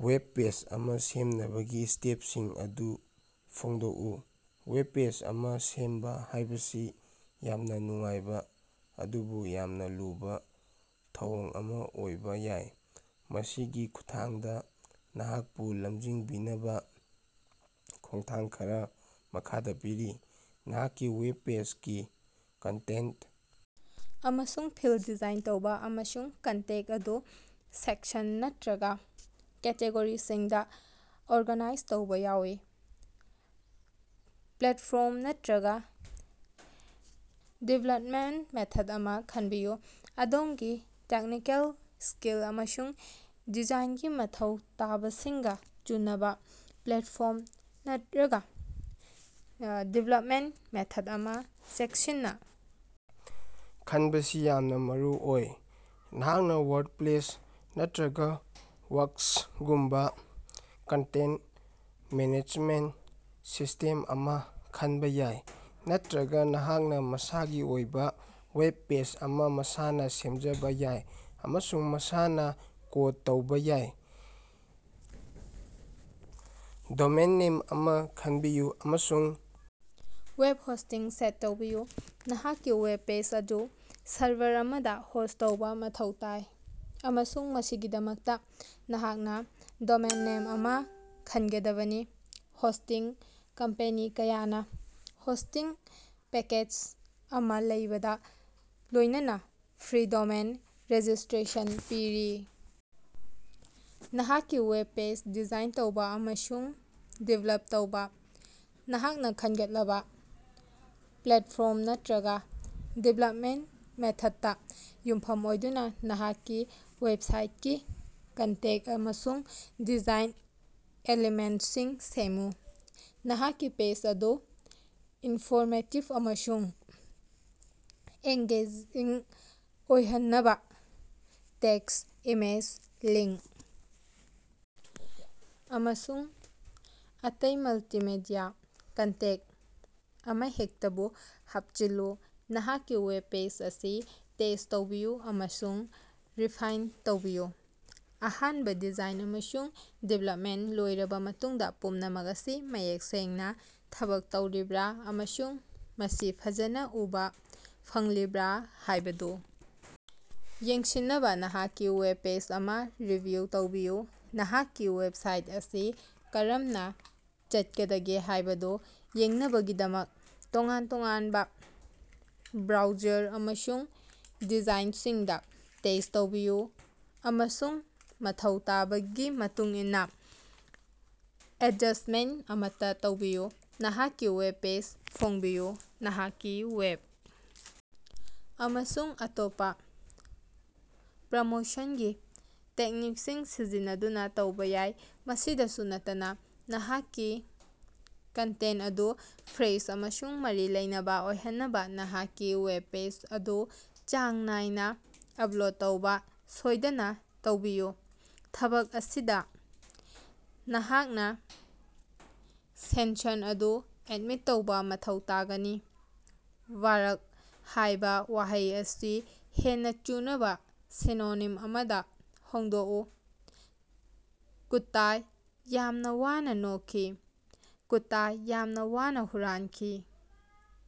Web page ꯑꯃ ꯁꯦꯝꯅꯕꯒꯤ ꯁ꯭ꯇꯦꯄꯁꯤꯡ ꯑꯗꯨ ꯐꯣꯡꯗꯣꯛꯎ꯫ ꯋꯦꯕ ꯄꯦꯖ ꯑꯃ ꯁꯦꯝꯕ ꯍꯥꯏꯕꯁꯤ ꯌꯥꯝꯅ ꯅꯨꯡꯉꯥꯏꯕ ꯑꯗꯨꯕꯨ ꯌꯥꯝꯅꯥ ꯂꯨꯕꯥ ꯊꯧꯑꯣꯡ ꯑꯃ ꯑꯣꯏꯕ ꯌꯥꯏ꯫ ꯃꯁꯤꯒꯤ ꯈꯨꯠꯊꯥꯡꯗꯥ ꯅꯍꯥꯛꯄꯨ ꯂꯝꯖꯤꯡꯕꯤꯅꯕ ꯈꯣꯡꯊꯥꯡ ꯈꯔꯥ ꯃꯈꯥꯗ ꯄꯤꯔꯤ: ꯅꯍꯥꯛꯀꯤ ꯋꯦꯕ ꯄꯦꯖꯒꯤ ꯀꯟꯇꯦꯟꯇ ꯑꯃꯁꯨꯡ ꯐꯤꯜ ꯗꯤꯖꯥꯏꯟ ꯇꯧꯕꯥ, ꯑꯃꯁꯨꯡ ꯀꯟꯇꯦꯟꯇ ꯑꯗꯨ ꯁꯦꯛꯁꯟ ꯅꯠꯇꯔꯒꯥ ꯀꯦꯇꯦꯒꯣꯔꯤꯁꯤꯡꯗ ꯑꯣꯔꯒꯥꯅꯥꯏꯖ ꯇꯧꯕꯥ ꯌꯥꯎꯏ꯫ ꯄ꯭ꯂꯦꯠꯐꯣꯔꯝ ꯅꯠꯔꯒꯥ ꯗꯤꯕꯦꯂꯄꯃꯦꯟꯇ ꯃꯦꯊꯗ ꯑꯃꯥ ꯈꯟꯕꯤꯌꯨ: ꯑꯗꯣꯝꯒꯤ ꯇꯦꯛꯅꯤꯀꯦꯜ ꯁ꯭ꯀꯤꯜ ꯑꯃꯁꯨꯡ ꯗꯤꯖꯥꯏꯅꯒꯤ ꯃꯊꯧ ꯇꯥꯕꯁꯤꯡꯒ ꯆꯨꯅꯕ ꯄ꯭ꯂꯦꯠꯐꯣꯔꯝ ꯅꯠꯔꯒꯥ ꯗꯤꯕꯦꯂꯄꯃꯦꯟꯇ ꯃꯦꯊꯗ ꯑꯃꯥ ꯆꯦꯛꯁꯤꯟꯅ ꯈꯟꯕꯁꯤ ꯌꯥꯝꯅꯥ ꯃꯔꯨꯑꯣꯏ꯫ ꯅꯍꯥꯛꯅꯥ ꯋꯥꯔꯗꯄꯂꯦꯁ ꯅꯠꯇꯔꯒꯥ ꯋꯤꯛꯁꯒꯨꯝꯕꯥ ꯀꯟꯇꯦꯟꯇ ꯃꯦꯅꯦꯖꯃꯦꯟꯇ ꯁꯤꯁꯇꯦꯝ ꯑꯃ ꯈꯟꯕ ꯌꯥꯏ, ꯅꯠꯇꯔꯒꯥ ꯅꯍꯥꯛꯅ ꯃꯁꯥꯒꯤ ꯑꯣꯏꯕ ꯋꯦꯕ ꯄꯦꯖ ꯑꯃ ꯃꯁꯥꯅ ꯁꯦꯝꯖꯕ ꯌꯥꯏ ꯑꯃꯁꯨꯡ ꯃꯁꯥꯅ ꯀꯣꯗ ꯇꯧꯕꯥ ꯌꯥꯏ꯫ ꯗꯣꯃꯦꯏꯟ ꯅꯦꯝ ꯑꯃ ꯈꯟꯕꯤꯌꯨ ꯑꯃꯁꯨꯡ ꯋꯦꯕ ꯍꯣꯁꯇꯤꯡ ꯁꯦꯠ ꯇꯧꯕꯤꯌꯨ: ꯅꯍꯥꯛꯀꯤ ꯋꯦꯕ ꯄꯦꯖ ꯑꯗꯨ ꯁꯔꯚꯔ ꯑꯃꯗ ꯍꯣꯁꯠ ꯇꯧꯕꯥ ꯃꯊꯧ ꯇꯥꯏ, ꯑꯃꯁꯨꯡ ꯃꯁꯤꯒꯤꯗꯃꯛꯇꯥ ꯅꯍꯥꯛꯅꯥ ꯗꯣꯃꯦꯏꯟ ꯅꯦꯝ ꯑꯃꯁꯨ ꯈꯟꯒꯗꯕꯅꯤ꯫ ꯍꯣꯁꯇꯤꯡ ꯀꯝꯄꯦꯅꯤ ꯀꯌꯥꯅ ꯍꯣꯁꯇꯤꯡ ꯄꯦꯀꯦꯖ ꯑꯃꯥ ꯂꯧꯕꯒꯥ ꯂꯣꯏꯅꯅ ꯐ꯭ꯔꯤ ꯗꯣꯃꯦꯟ ꯔꯦꯖꯤꯁꯇꯔꯦꯁꯟ ꯄꯤꯔꯤ꯫ ꯅꯍꯥꯛꯀꯤ ꯋꯦꯕ ꯄꯦꯖ ꯗꯤꯖꯥꯏꯟ ꯇꯧꯕꯥ ꯑꯃꯁꯨꯡ ꯗꯤꯕꯦꯂꯞ ꯇꯧꯕꯥ: ꯅꯍꯥꯛꯅ ꯈꯟꯒꯠꯂꯕ ꯄ꯭ꯂꯦꯠꯐꯣꯔꯝ ꯅꯠꯔꯒꯥ ꯗꯤꯕꯦꯂꯄꯃꯦꯟꯇ ꯃꯦꯊꯗꯇꯥ ꯌꯨꯝꯐꯝ ꯑꯣꯏꯗꯨꯅꯥ ꯅꯍꯥꯛꯀꯤ ꯋꯦꯕꯁꯥꯏꯇꯀꯤ ꯀꯟꯇꯦꯟꯇ ꯑꯃꯁꯨꯡ ꯗꯤꯖꯥꯏꯟ ꯑꯦꯂꯤꯃꯦꯟꯇꯁꯤꯡ ꯁꯦꯝꯃꯨ꯫ ꯅꯍꯥꯛꯀꯤ ꯄꯦꯖ ꯑꯗꯨ ꯏꯅꯐꯣꯔꯃꯦꯇꯤꯚ ꯑꯃꯁꯨꯡ ꯑꯦꯡꯒꯦꯖꯤꯡ ꯑꯣꯏꯍꯟꯅꯕꯥ ꯇꯦꯛꯁꯠ, ꯏꯃꯦꯖ, ꯂꯤꯡꯀ, ꯑꯃꯁꯨꯡ ꯑꯇꯩ ꯃꯜꯇꯤꯃꯤꯗꯤꯌꯥ ꯀꯟꯇꯦꯟꯇ ꯑꯃꯍꯦꯛꯇꯕꯨ ꯍꯥꯄꯆꯤꯜꯂꯨ꯫ ꯅꯍꯥꯛꯀꯤ ꯋꯦꯕ ꯄꯦꯖ ꯑꯁꯤ ꯇꯦꯁ꯭ꯠ ꯇꯧꯕꯤꯌꯨ ꯑꯃꯁꯨꯡ ꯔꯤꯐꯥꯏꯟꯅꯥ ꯇꯧꯕꯤꯌꯨ: ꯑꯍꯥꯅꯕꯥ ꯗꯤꯖꯥꯏꯟ ꯑꯃꯁꯨꯡ ꯗꯤꯕꯦꯂꯄꯃꯦꯟꯇ ꯂꯣꯏꯔꯕꯥ ꯃꯇꯨꯡꯗꯥ, ꯄꯨꯝꯅꯃꯛ ꯑꯁꯤ ꯃꯌꯦꯛ ꯁꯦꯡꯅꯥ ꯊꯕꯛ ꯇꯧꯔꯤꯕ꯭ꯔꯥ ꯑꯃꯁꯨꯡ ꯃꯁꯤ ꯐꯖꯅꯥ ꯎꯕꯥ ꯐꯪꯂꯤꯕ꯭ꯔꯥ ꯍꯥꯏꯕꯗꯨ ꯌꯦꯡꯁꯤꯟꯅꯕꯥ ꯅꯍꯥꯛꯀꯤ ꯋꯦꯕ ꯄꯦꯖ ꯑꯗꯨ ꯔꯤꯚꯤꯌꯨ ꯇꯧꯕꯤꯌꯨ꯫ ꯅꯍꯥꯛꯀꯤ ꯋꯦꯕꯁꯥꯏꯠ ꯑꯁꯤ ꯀꯔꯝꯅꯥ ꯆꯠꯀꯗꯒꯦ ꯍꯥꯏꯕꯗꯨ ꯌꯦꯡꯅꯕꯒꯤꯗꯃꯛ ꯇꯣꯉꯥꯟ-ꯇꯣꯉꯥꯟꯕ ꯕ꯭ꯔꯥꯎꯖꯔ ꯑꯃꯁꯨꯡ ꯗꯤꯚꯥꯏꯁꯁꯤꯡꯗꯥ ꯇꯦꯁꯠ ꯇꯧꯕꯤꯌꯨ ꯑꯃꯁꯨꯡ ꯃꯊꯧ ꯇꯥꯕꯒꯤ ꯃꯇꯨꯡꯏꯟꯅꯥ ꯑꯦꯗꯖꯁꯇꯃꯦꯟꯇ ꯑꯃꯠꯇꯥ ꯇꯧꯕꯤꯌꯨ꯫ ꯅꯍꯥꯛꯀꯤ ꯋꯦꯕ ꯄꯦꯖ ꯐꯣꯡꯕꯤꯌꯨ: ꯅꯍꯥꯛꯀꯤ ꯋꯦꯕ ꯑꯃꯁꯨꯡ ꯑꯇꯣꯞꯄꯥ ꯄ꯭ꯔꯃꯣꯁꯅꯒꯤ ꯇꯦꯛꯅꯤꯛꯁꯤꯡ ꯁꯤꯖꯤꯟꯅꯗꯨꯅꯥ ꯇꯧꯕꯥ ꯌꯥꯏ꯫ ꯃꯁꯤꯗꯁꯨ ꯅꯠꯇꯅꯥ, ꯅꯍꯥꯛꯀꯤ ꯀꯟꯇꯦꯟꯇ ꯑꯗꯨ ꯐ꯭ꯔꯦꯁ ꯑꯃꯁꯨꯡ ꯃꯔꯤ ꯂꯩꯅꯕꯥ ꯑꯣꯏꯍꯟꯅꯕꯥ ꯅꯍꯥꯛꯀꯤ ꯋꯦꯕ ꯄꯦꯖ ꯑꯗꯨ ꯆꯥꯡ ꯅꯥꯏꯅꯥ ꯑꯄꯗꯦꯠ ꯇꯧꯕꯥ ꯁꯣꯌꯗꯅꯥ ꯇꯧꯕꯤꯌꯨ꯫ ꯊꯕꯛ ꯑꯁꯤꯗꯥ ꯅꯍꯥꯛꯅꯥ ꯁꯦꯟꯁꯟ ꯑꯗꯨ ꯑꯦꯗꯤꯠ ꯇꯧꯕꯥ ꯃꯊꯧ ꯇꯥꯒꯅꯤ꯫ "ꯕꯥꯔꯛ" ꯍꯥꯏꯕꯥ ꯋꯥꯍꯩ ꯑꯁꯤ ꯍꯦꯟꯅꯥ ꯆꯨꯅꯕꯥ ꯁꯤꯅꯣꯅꯤꯝ ꯑꯃꯗꯥ ꯍꯣꯡꯗꯣꯛꯎ꯫ ꯀꯨꯠꯇꯥ ꯌꯥꯝꯅ ꯋꯥꯅꯥ ꯅꯣꯛꯈꯤ꯫ ꯀꯨꯠꯇꯥ ꯌꯥꯝꯅ ꯋꯥꯅ ꯍꯨꯔꯥꯟꯈꯤ꯫।